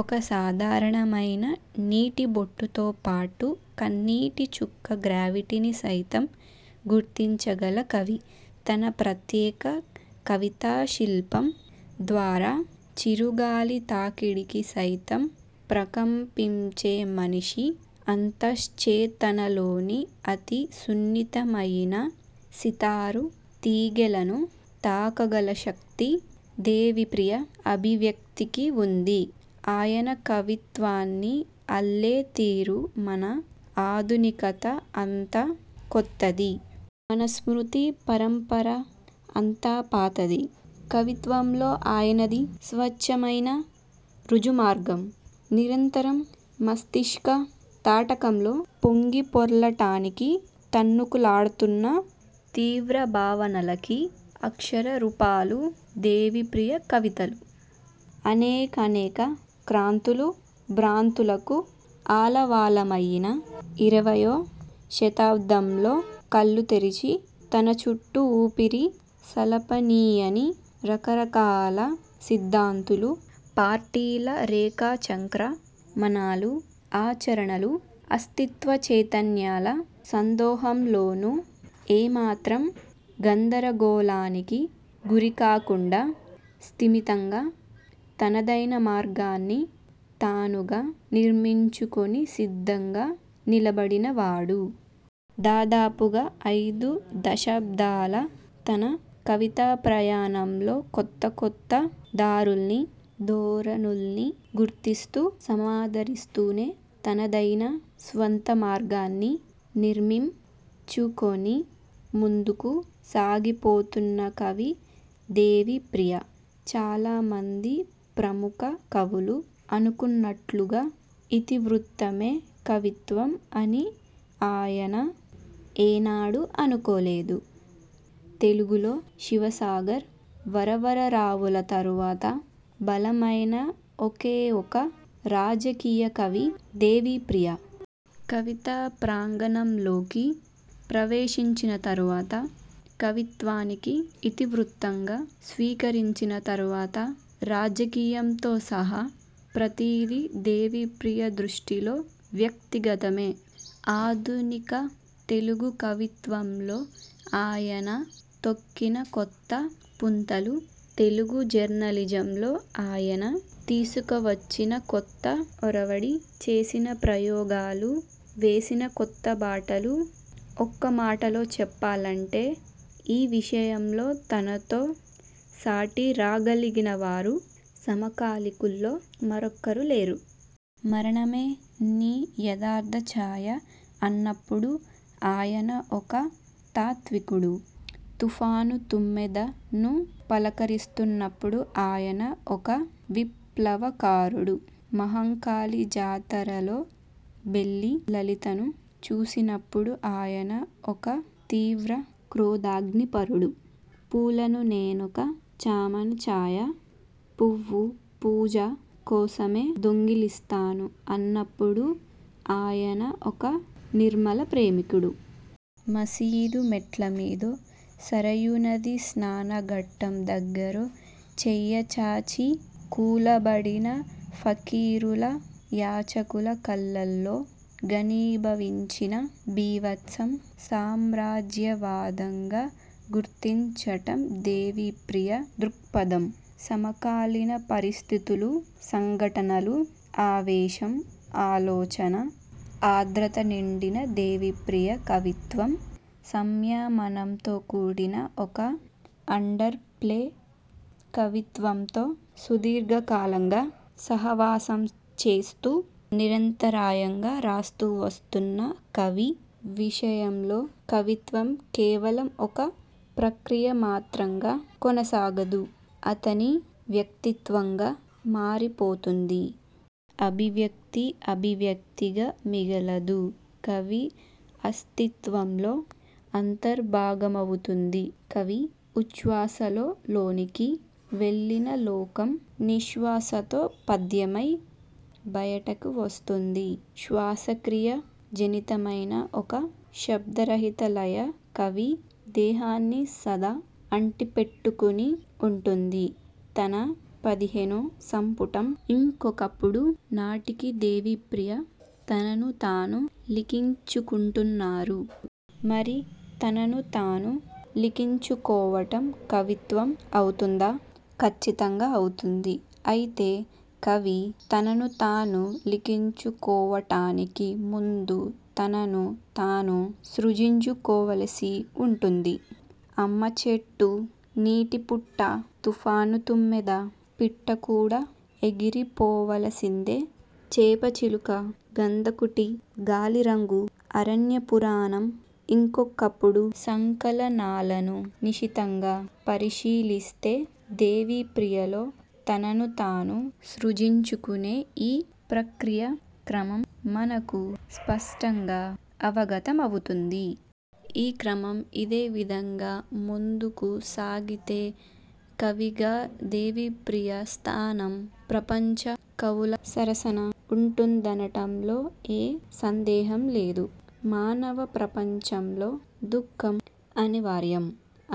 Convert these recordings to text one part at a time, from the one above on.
ఒక సాధారణమయిన నీటిబొట్టుతోపాటు కన్నీటిచుక్క గ్రావిటీని సయితం గుర్తించగల కవి. తన ప్రత్యేక కవితాశిల్పం ద్వారా చిరుగాలి తాకిడికి సైతం ప్రకంపించే మనిషి అంతశ్చేతనలోని అతి సున్నితమయిన సితారు తీగెలను తాకగల శక్తి దేవిప్రియ అభివ్యక్తికి వుంది. ఆయన కవిత్వాన్ని అల్లే తీరు మన ఆధునికత అంత కొత్తది. మన స్మృతిపరంపర అంత పాతది. కవిత్వంలో ఆయనది స్వచ్ఛమయిన రుజుమార్గం. ''నిరంతరం మస్తిష్క తటాకంలో పొంగిపొర్ల టానికి తన్నుకులాడ్తూన్న తీవ్రభావనలకి'' అక్షర రూపాలు దేవిప్రియ కవితలు. అనేకానేక క్రాంతులు, భ్రాంతులకు ఆలవాలమయిన ఇరవయ్యో శతాబ్దంలో కళ్ళు తెరచి, తనచుట్టూ ఊపిరి సలపనీయని రకరకాల సిద్ధాంతాలు, పార్టీల రేఖాచంక్ర మణాలు, ఆచరణలు, అస్తిత్వచైతన్యాల సందోహంలోనూ ఏమాత్రం గందరగోళానికి గురికాకుండా స్థిమితంగా తనదయిన మార్గాన్ని తానుగా నిర్మించుకుని స్థిరంగా నిలబడినవాడు. దాదాపుగా అయిదు దశాబ్దాల తన కవితాప్రయాణంలో కొత్తకొత్త దారుల్నీ, ధోరణుల్నీ గుర్తిస్తూ, సమాదరిస్తూనే తనదయిన స్వంతమార్గాన్ని నిర్మిం చుకుని ముందుకు సాగిపోతూన్న కవి దేవిప్రియ. చాలామంది ప్రముఖ కవులు అనుకుంటున్నట్లుగా ఇతివృత్తమే కవిత్వం అని ఆయన ఏనాడూ అనుకోలేదు. తెలుగులో శివసాగర్, వరవరరావుల తరువాత బలమైన ఒకేఒక రాజకీయ కవి దేవిప్రియ. కవితా ప్రాంగణంలోకి ప్రవేశించిన తరువాత, కవిత్వానికి ఇతివృత్తంగా స్వీకరించిన తరువాత రాజకీయంతో సహా ప్రతీదీ దేవిప్రియ దృష్టిలో వ్యక్తిగతమే. ఆధునిక తెలుగు కవిత్వంలో ఆయన తొక్కిన కొత్త పుంతలు, తెలుగు జర్నలిజంలో ఆయన తీసుకువచ్చిన కొత్త ఒరవడి, చేసిన ప్రయోగాలు, వేసిన కొత్త బాటలు, ఒక్క మాటలో చెప్పాలంటే ఈ విషయంలో తనతో సాటి రాగలిగినవారు సమకాలికుల్లో మరొకరు లేరు. ''మరణమే నీ యదార్థ ఛాయ'' అన్నప్పుడు ఆయన ఒక తాత్వికుడు. ''తుఫాను తుమ్మెద''ను పలకరిస్తున్నపుడు ఆయన ఒక విప్లవకారుడు. మహంకాళి జాతరలో బెల్లి లలితను చూసినపుడు ఆయన ఒక తీవ్ర క్రోధాగ్నిపరుడు. ''పూలను నేనొక చామనఛాయ పువ్వు పూజ కోసమే దొంగిలిస్తాను'' అన్నప్పుడు ఆయన ఒక నిర్మలప్రేమికుడు. ''మసీదు మెట్లమీదో/ సరయూనది స్నానఘట్టం దగ్గరో/ చెయ్యచాచి కూలబడిన ఫకీరులు యాచకుల కళ్ళలో/ ఘనీభవించిన బీభత్సం సామ్రాజ్యవాదం''గా గుర్తిం చటం దేవిప్రియ దృక్పథం. సమకాలీన పరిస్థితులు, సంఘటనలు, ఆవేశం, ఆలోచన, ఆర్ద్రత నిండిన దేవిప్రియ కవిత్వం సంయమనంతో కూడిన ఒక అండర్ ప్లే కవిత్వంతో సుదీర్ఘ కాలంగా సహవాసం చేస్తూ, నిరంతరాయంగా రాస్తూవస్తూన్న కవి విషయంలో కవిత్వం కేవలం ఒక ప్రక్రియామాత్రంగా కొనసాగదు, అతని వ్యక్తిత్వంగా మారిపోతుంది. అభివ్యక్తి అభివ్యక్తిగా మిగలదు, కవి అస్తిత్వంలో అంతర్భాగమవుతుంది. కవి ''ఉచ్ఛ్వాసలో లోనికి వెళ్ళిన లోకం నిశ్వాసతో పద్యమై బయటికి వస్తుంది. '' శ్వాసక్రియా జనితమయిన ఒక శబ్దరహిత లయ కవి దేహాన్ని సదా అంటిపెట్టుకుని వుంటుంది. తన పదిహేనో సంపుటం 'ఇం కొకప్పుడు' నాటికి దేవిప్రియ తననుతాను లిఖించుకుంటున్నారు. మరి తననుతాను లిఖించుకోవటం కవిత్వం అవుతుందా? ఖచ్చితంగా అవుతుంది. అయితే కవి తననుతాను లిఖించు కోవటానికి ముందు తనను తాను సృజించుకోవలసి వుంటుంది. 'అమ్మచెట్టు', 'నీటిపుట్ట', 'తుఫాను తుమ్మెద', 'పిట్టకూడా ఎగిరిపోవలసిందే', 'చేపచిలుక', 'గంధకుటి', 'గాలిరంగు', 'అరణ్యపురాణం', 'ఇం కొకప్పుడు' సంకలనాలను నిశితంగా పరిశీలిస్తే దేవిప్రియలో తననుతాను సృజించుకునే ఈ ప్రక్రియ క్రమం మనకు స్పష్టంగా అవగతం అవుతుంది. ఈ క్రమం ఇదే వేగంతో ముందుకు సాగితే కవిగా దేవిప్రియ స్థానం ప్రపంచ కవుల సరసన వుంటుందనటంలో ఏ సందేహం లేదు. మానవ ప్రపంచంలో దుఃఖం అనివార్యం.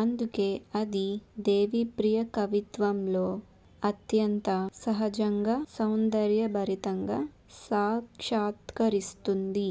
అందుకే అది దేవిప్రియ కవిత్వంలో అత్యంత సహజంగా, సౌందర్యభరితంగా సాక్షాత్కరిస్తుంది.